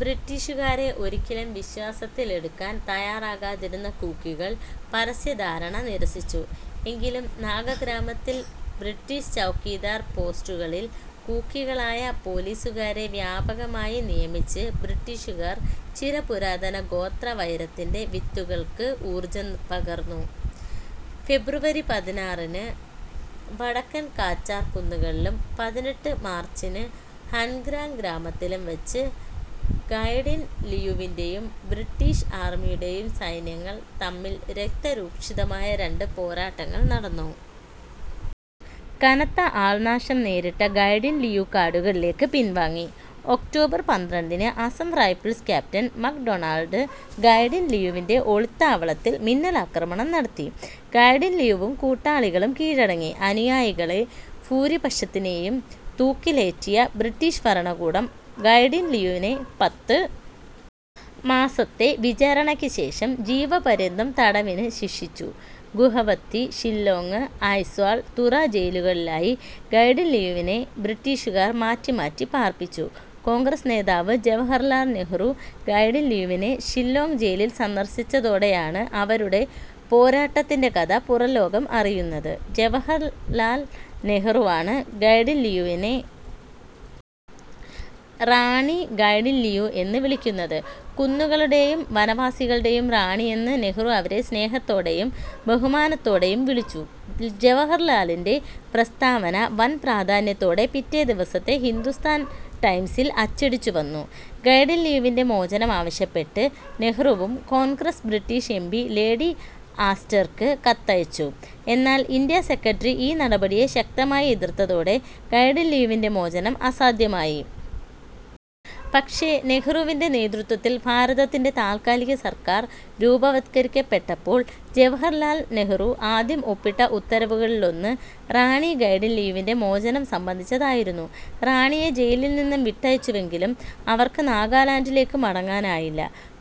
ബ്രിട്ടീഷുകാരെ ഒരിക്കലും വിശ്വാസത്തിലെടുക്കാൻ തയ്യാറാകാതിരുന്ന കൂക്കികൾ പരസ്യ ധാരണ നിരസ്സിച്ചു, എങ്കിലും നാഗ ഗ്രാമത്തിൽ ബ്രിട്ടീഷ് ചൗകിദാർ പോസ്റ്റുകളിൽ കൂക്കികളായ പോലീസുകാരെ വ്യാപകമായി നിയമിച്ച് ബ്രിട്ടീഷുകാർ ചിര പുരാതന ഗോത്ര വൈരത്തിൻ്റെ വിത്തുകൾക്ക് ഊർജ്ജം പകർന്നു. ഫെബ്രുവരി പതിനാറിന് വടക്കൻ കാച്ചാർ കുന്നുകളിലും പതിനെട്ട് മാർച്ചിന് ഹൻഗ്രാം ഗ്രാമത്തിലും വച്ച് ഗൈഡിൻ ലിയുവിൻ്റെയും ബ്രിട്ടീഷ് ആർമ്മിയുടേയും സൈന്യങ്ങൾ തമ്മിൽ രക്ത രൂക്ഷിതമായ രണ്ട് പോരാട്ടങ്ങൾ നടന്നു. കനത്ത ആൾ നാശം നേരിട്ട ഗൈഡിൻ ലിയു കാടുകളിലേക്ക് പിൻ വാങ്ങി, ഒക്റ്റോബർ പന്ത്രണ്ടിന് Assam Rifles Captain McDonald ഗൈഡിൻ ലിയുവിൻ്റെ ഒളിത്താവളത്തിൽ മിന്നലാക്രമണം നടത്തി, ഗൈഡിൻ ലിയുവും കൂട്ടാളികളും കീഴടങ്ങി, അനുയായികളെ ഫൂരിപക്ഷത്തിനെയും തൂക്കിലേറ്റിയ ബ്രിട്ടീഷ് ഭരണകൂടം ഗൈഡിൻ ലിയുവിനെ പത്ത് മാസത്തെ വിചാരണയ്ക്ക് ശേഷം ജീവപര്യന്തം തടവിന് ശിക്ഷിച്ചു, ഗുഹവത്തി, ഷില്ലോംഗ്, ഐസ്വാൾ, തുറ ജയിലുകളിലായി ഗൈഡിൻലിയുവിനെ ബ്രിട്ടീഷുകാർ മാറ്റി മാറ്റി പാർപ്പിച്ചു, കോൺഗ്രസ് നേതാവ് ജവഹർലാൽ നെഹ്റു ഗൈഡിൻലിയുവിനെ ഷില്ലോംഗ് ജയിലിൽ സന്ദർശിച്ചതോടെയാണ് അവരുടെ പോരാട്ടത്തിൻ്റെ കഥ പുറം ലോകം അറിയുന്നത്, ജവഹർലാൽ നെഹ്റുവാണ് ഗൈഡിൻലിയുവിനെ റാണി ഗൈഡിൻലിയു എന്ന് വിളിക്കുന്നത്, കുന്നുകളുടേയും വനവാസികളുടേയും റാണിയെന്ന് നെഹ്റു അവരെ സ്നേഹത്തോടെയും ബഹുമാനത്തോടെയും വിളിച്ചു, ജവഹർലാലിൻ്റെ പ്രസ്താവന വൻ പ്രാധാന്യത്തോടെ പിറ്റേ ദിവസത്തെ ഹിന്ദുസ്ഥാൻ ടൈംസിൽ അച്ചടിച്ചു വന്നു, ഗൈഡിൻ ലിയുവിൻ്റെ മോചനം ആവിശ്യപ്പെട്ട് നെഹ്റുവും Congress British M P lady ആസ്റ്റർക്ക് കത്തയച്ചു, എന്നാൽ, ഇൻഡ്യ സെക്രട്ടറി ഈ നടപടിയെ ശക്തമായി എതിർത്തതോടെ ഗൈഡിൻ ലിയുവിൻ്റെ മോചനം അസാധ്യമായി. പക്ഷെ നെഹ്റുവിൻ്റെ നേതൃത്തിൽ ഭാരതത്തിൻ്റെ താൽകാലിക സർക്കാർ രൂപവത്കരിക്കപ്പെട്ടപ്പോൾ ജവഹർലാൽ നെഹ്റു ആദ്യം ഒപ്പിട്ട ഉത്തരവുകളിലൊന്ന് റാണി ഗൈഡിൻ ലിയുവിൻ്റെ മോചനം സംബന്ധിച്ചതായിരുന്നു. റാണിയെ ജയിലിൻ നിന്ന് വിട്ടയച്ചുവെങ്കിലും അവർക്ക് നാഗാലാൻഡിലേക്ക് മടങ്ങാനായില്ല,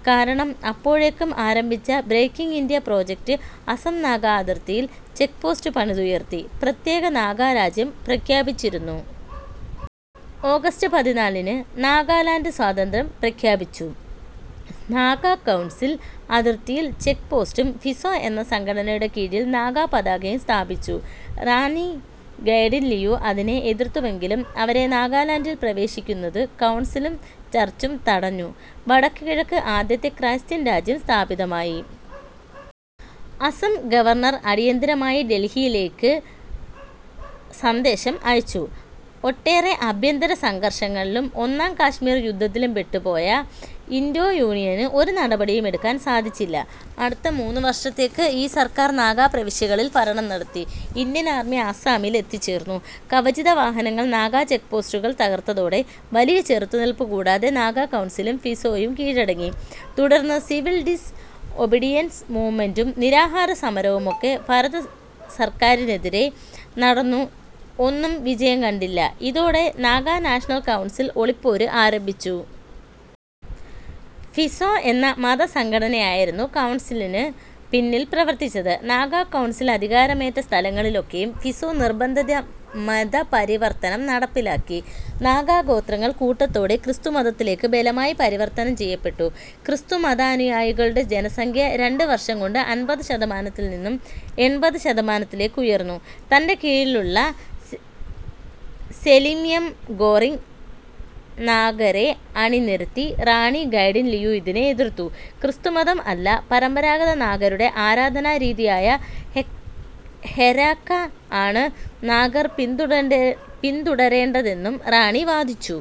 കാരണം അപ്പോഴേക്കും ആരംഭിച്ച breaking India project Assam Naga അതിർത്തിയിൽ ചെക് പോസ്റ്റ് പണിതുയർത്തി, പ്രത്യേക നാഗാ രാജ്യം പ്രഖ്യാപിച്ചിരുന്നു. ഓഗസ്റ്റ് പതിനാലിന് നാഗാ ലാൻഡ് സ്വാതന്ത്യം പ്രഖ്യാപിച്ചു, നാഗാ കൗൺസിൽ അതിർത്തിയിൽ ചെക് പോസ്റ്റും, ഫിസോ എന്ന സംഘടനയുടെ കീഴിൽ നാഗാ പതാകയും സ്ഥാപിച്ചു, റാണി ഗൈഡിൻലിയു അതിനെ എതിർത്തുവെങ്കിലും അവരെ നാഗാലാൻഡിൽ പ്രവേശിക്കുന്നത് കൗൺസിലും ചർച്ചും തടഞ്ഞു, വടക്ക് കിഴക്ക് ആദ്യത്തെ ക്രയ്സ്ത്യൻ രാജ്യം സ്ഥാപിതമായി, അസം ഗവർണർ അടിയന്തരമായി ഡൽഹിയിലേക്ക് സന്ദേശം അയച്ചു, ഒട്ടേറെ ആഭ്യന്തര സംഘർഷങ്ങളിലും ഒന്നാം കാശ്മീർ യുദ്ധത്തിലും പെട്ട് പോയ ഇൻഡോ യൂണിയന് ഒരു നടപടിയും എടുക്കാൻ സാധിച്ചില്ല, അടുത്ത മൂന്ന് വർഷത്തേക്ക് ഈ സർക്കാർ നാഗാ പ്രവിശ്യകളിൽ ഭരണം നടത്തി, ഇൻഡ്യൻ ആർമി ആസ്സാമിൽ എത്തിച്ചേർന്നു, കവചിത വാഹനങ്ങൾ നാഗാ ചെക് പോസ്റ്റുകൾ തകർത്തതോടെ വലിയ ചെറുത്ത് നിൽപ് കൂടാതെ നാഗാ കൗൺസിലും ഫിസോയും കീഴടങ്ങി, തുടർന്ന് സിവിൽ ഡിസ് ഒബിഡിയൻസ് മൂവ്മെൻ്റും നിരാഹര സമരവുമൊക്കെ ഭരത സർക്കാറിനെതിരെ നടന്നു ഒന്നും വിജയം കണ്ടില്ല, ഇതോടെ നാഗാ നാഷണൽ കൗൺസിൽ ഒളിപ്പോര് ആരംഭിച്ചു. ഫിസോ എന്ന മത സംഘടനയായിരുന്നു കൗൺസിലിന് പിന്നിൽ പ്രവർത്തിച്ചത്, നാഗാ കൗൺസിൽ അധികാരമേറ്റ സ്ഥലങ്ങളിലൊക്കെയും ഫിസോ നിർബന്ധിത മതപരിവർത്തനം നടപ്പിലാക്കി, നാഗ ഗോത്രങ്ങൾ കൂട്ടത്തോടെ ക്രിസ്തു മതത്തിലേക്ക് ബലമായി പരിവർത്തനം ചെയ്യപ്പെട്ടു, ക്രിസ്തു മതാനുയായികളുടെ ജനസംഖ്യ രണ്ട് വർഷം കൊണ്ട് അൻപത് ശതമാനത്തിൽ നിന്നും എൺപത് ശതമാനത്തിലേക്ക് ഉയർന്നു തൻ്റെ കീഴിലുള്ള സെലിംയംഗോറിങ് നാഗരെ അണി നിരത്തി റാണി ഗൈഡിൻ ലിയു ഇതിനെ ഏതിർത്തു, ക്രിസ്തുമതം അല്ല പരമ്പരാഗത നാഗരുടെ ആരാധാന രീതിയായ ഹെരാക്ക ആണ് നാഗർ പിന്തുടരണ്ടേ പിന്തുടരേണ്ടതെന്നും റാണി വാദിച്ചു.